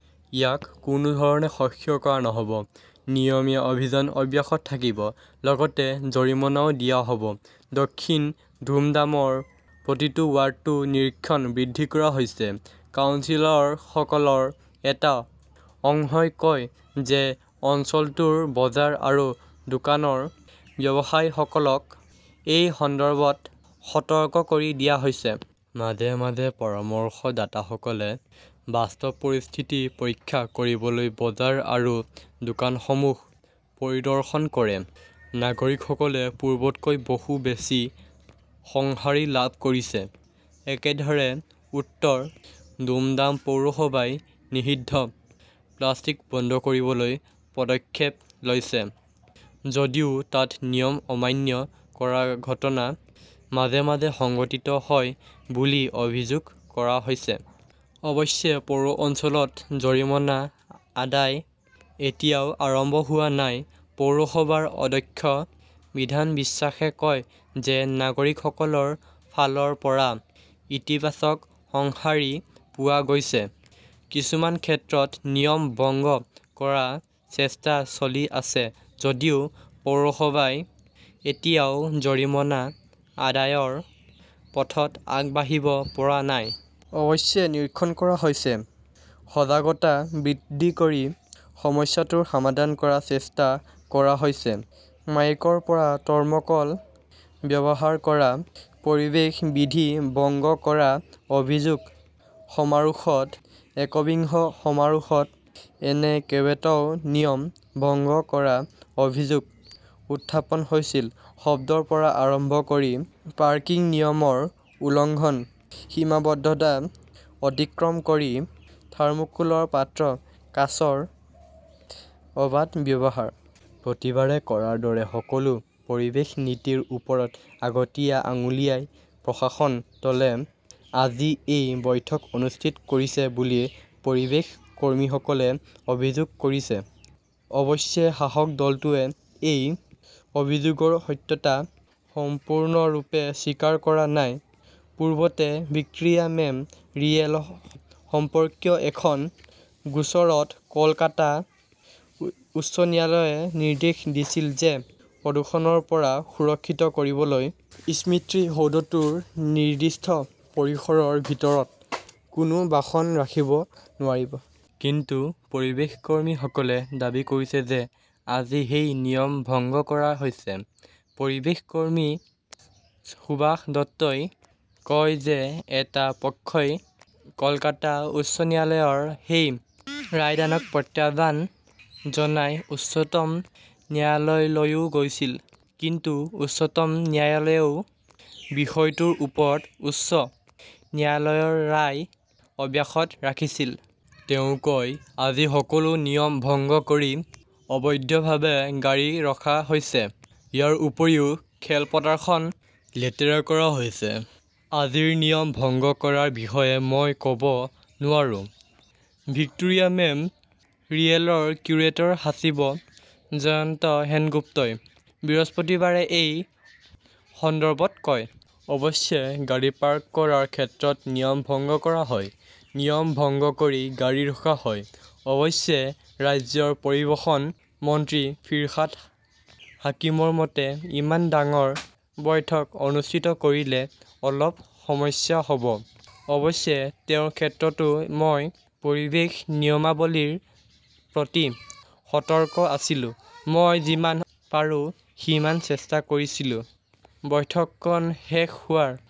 ইয়াক কোনো ধৰণে সহ্য কৰা নহ "ব। নিয়মীয়া অভিযান অব্যাহত থাকিব। লগতে জৰিমনাও দিয়া হ "ব। দক্ষিণ দুমডামৰ প্ৰতিটো ৱাৰ্ডতো নিৰীক্ষণ বৃদ্ধি কৰা হৈছে। কাউন্সিলৰসকলৰ এটা অংশই কয় যে অঞ্চলটোৰ বজাৰ আৰু দোকানৰ ব্যৱসায়ীসকলক এই সন্দৰ্ভত সতৰ্ক কৰি দিয়া হৈছে। মাজে মাজে পৰামৰ্শদাতাসকলে বাস্তৱ পৰিস্থিতি পৰীক্ষা কৰিবলৈ বজাৰ আৰু দোকানসমূহ পৰিদৰ্শন কৰে। নাগৰিকসকলে পূৰ্বতকৈ বহু বেছি সঁহাৰি লাভ কৰিছে। একেদৰে, উত্তৰ দুমডাম পৌৰসভাই নিষিদ্ধ প্লাষ্টিক বন্ধ কৰিবলৈ পদক্ষেপ লৈছে। যদিও তাত নিয়ম অমান্য কৰাৰ ঘটনা মাজে মাজে সংঘটিত হয় বুলি অভিযোগ কৰা হৈছে। অৱশ্যে, পৌৰ অঞ্চলত জৰিমনা আদায় এতিয়াও আৰম্ভ হোৱা নাই। পৌৰসভাৰ অধ্যক্ষ বিধান বিশ্বাসে কয় যে নাগৰিকসকলৰ ফালৰ পৰা ইতিবাচক সঁহাৰি পোৱা গৈছে। কিছুমান ক্ষেত্ৰত নিয়ম ভংগ কৰাৰ চেষ্টা চলি আছে যদিও পৌৰসভাই এতিয়াও জৰিমনা আদায়ৰ পথত আগবাঢ়িব পৰা নাই। অৱশ্যে, নিৰীক্ষণ কৰা হৈছে। সজাগতা বৃদ্ধি কৰি সমস্যাটো সমাধান কৰাৰ চেষ্টা কৰা হৈছে। মাইকৰ পৰা থৰ্ম "কল ব্যৱহাৰ কৰা, পৰিৱেশ বিধি ভংগ কৰাৰ অভিযোগ সমাৰোহত একবিংশ সমাৰোহত এনে কেইবাটাও নিয়ম ভংগ কৰাৰ অভিযোগ উত্থাপন হৈছিল-শব্দৰ পৰা আৰম্ভ কৰি পাৰ্কিং-নিয়মৰ উলংঘন, সীমাবদ্ধতা অতিক্ৰম কৰি থাৰ্মোক্লৰ পাত্ৰ-কাঁচৰ অবাধ ব্যৱহাৰ। প্ৰতিবাৰে কৰাৰ দৰে সকলো পৰিৱেশ নীতিৰ ওপৰত আগতীয়া আঙুলিয়াই প্ৰশাসন দলে আজি এই বৈঠক অনুষ্ঠিত কৰিছে বুলি পৰিৱেশ কৰ্মীসকলে অভিযোগ কৰিছে। অৱশ্যে শাসক দলটোৱে এই অভিযোগৰ সত্যতা সম্পূৰ্ণৰূপে স্বীকাৰ কৰা নাই। পূৰ্বতে ভিক্টোৰিয়া মেম "ৰিয়েল সম্পৰ্কীয় এখন গোচৰত কলকাতা উচ্চ ন্যায়ালয়ে নিৰ্দেশ দিছিল যে প্ৰদূষণৰ পৰা সুৰক্ষিত কৰিবলৈ স্মৃতিসৌধটোৰ নিৰ্দিষ্ট পৰিসৰৰ ভিতৰত কোনো বাহন ৰাখিব নোৱাৰি। কিন্তু পৰিৱেশ কৰ্মীসকলে দাবী কৰিছে যে আজি সেই নিয়ম ভংগ কৰা হৈছে। পৰিৱেশ কৰ্মী সুভাষ দত্তই কয় যে এটা পক্ষই কলকাতা উচ্চ ন্যায়ালয়ৰ সেই ৰায়দানক প্ৰত্যাহ্বান জনাই উচ্চতম ন্যায়ালয়লৈও গৈছিল। কিন্তু উচ্চতম ন্যায়ালয়েও বিষয়টোৰ ওপৰত উচ্চ ন্যায়ালয়ৰ ৰায় অব্যাহত ৰাখিছিল। তেওঁ কয়, "আজি সকলো নিয়ম ভংগ কৰি অবৈধভাৱে গাড়ী ৰখা হৈছে। ইয়াৰ উপৰিও খেলপথাৰখন লেতেৰা কৰা হৈছে। "আজিৰ নিয়ম ভংগৰ বিষয়ে মই ক" ব নোৱাৰো ", ভিক্টোৰিয়া মেম" ৰিয়েলৰ কিউৰেটৰ-সচিব জয়ন্ত সেনগুপ্তই বৃহস্পতিবাৰে এই সন্দৰ্ভত কয়। অৱশ্যে, গাড়ী পাৰ্ক কৰাৰ ক্ষেত্ৰত নিয়ম ভংগ হয়। নিয়ম ভংগ কৰি বাছ, গাড়ী ৰখা হয়। "অৱশ্যে, ৰাজ্যৰ পৰিবহণ মন্ত্ৰী ফিৰহাদ হাকিমৰ মতে," ইমান ডাঙৰ বৈঠক অনুষ্ঠিত কৰিলে অলপ সমস্যা হ "ব। অৱশ্যে, তেওঁৰ ক্ষেত্ৰতো, মই পৰিৱেশ নিয়মাৱলীৰ প্ৰতি সতৰ্ক আছিলো। মই যিমান পাৰো সিমান চেষ্টা কৰিছিলো। বৈঠকখন শেষ হোৱাৰ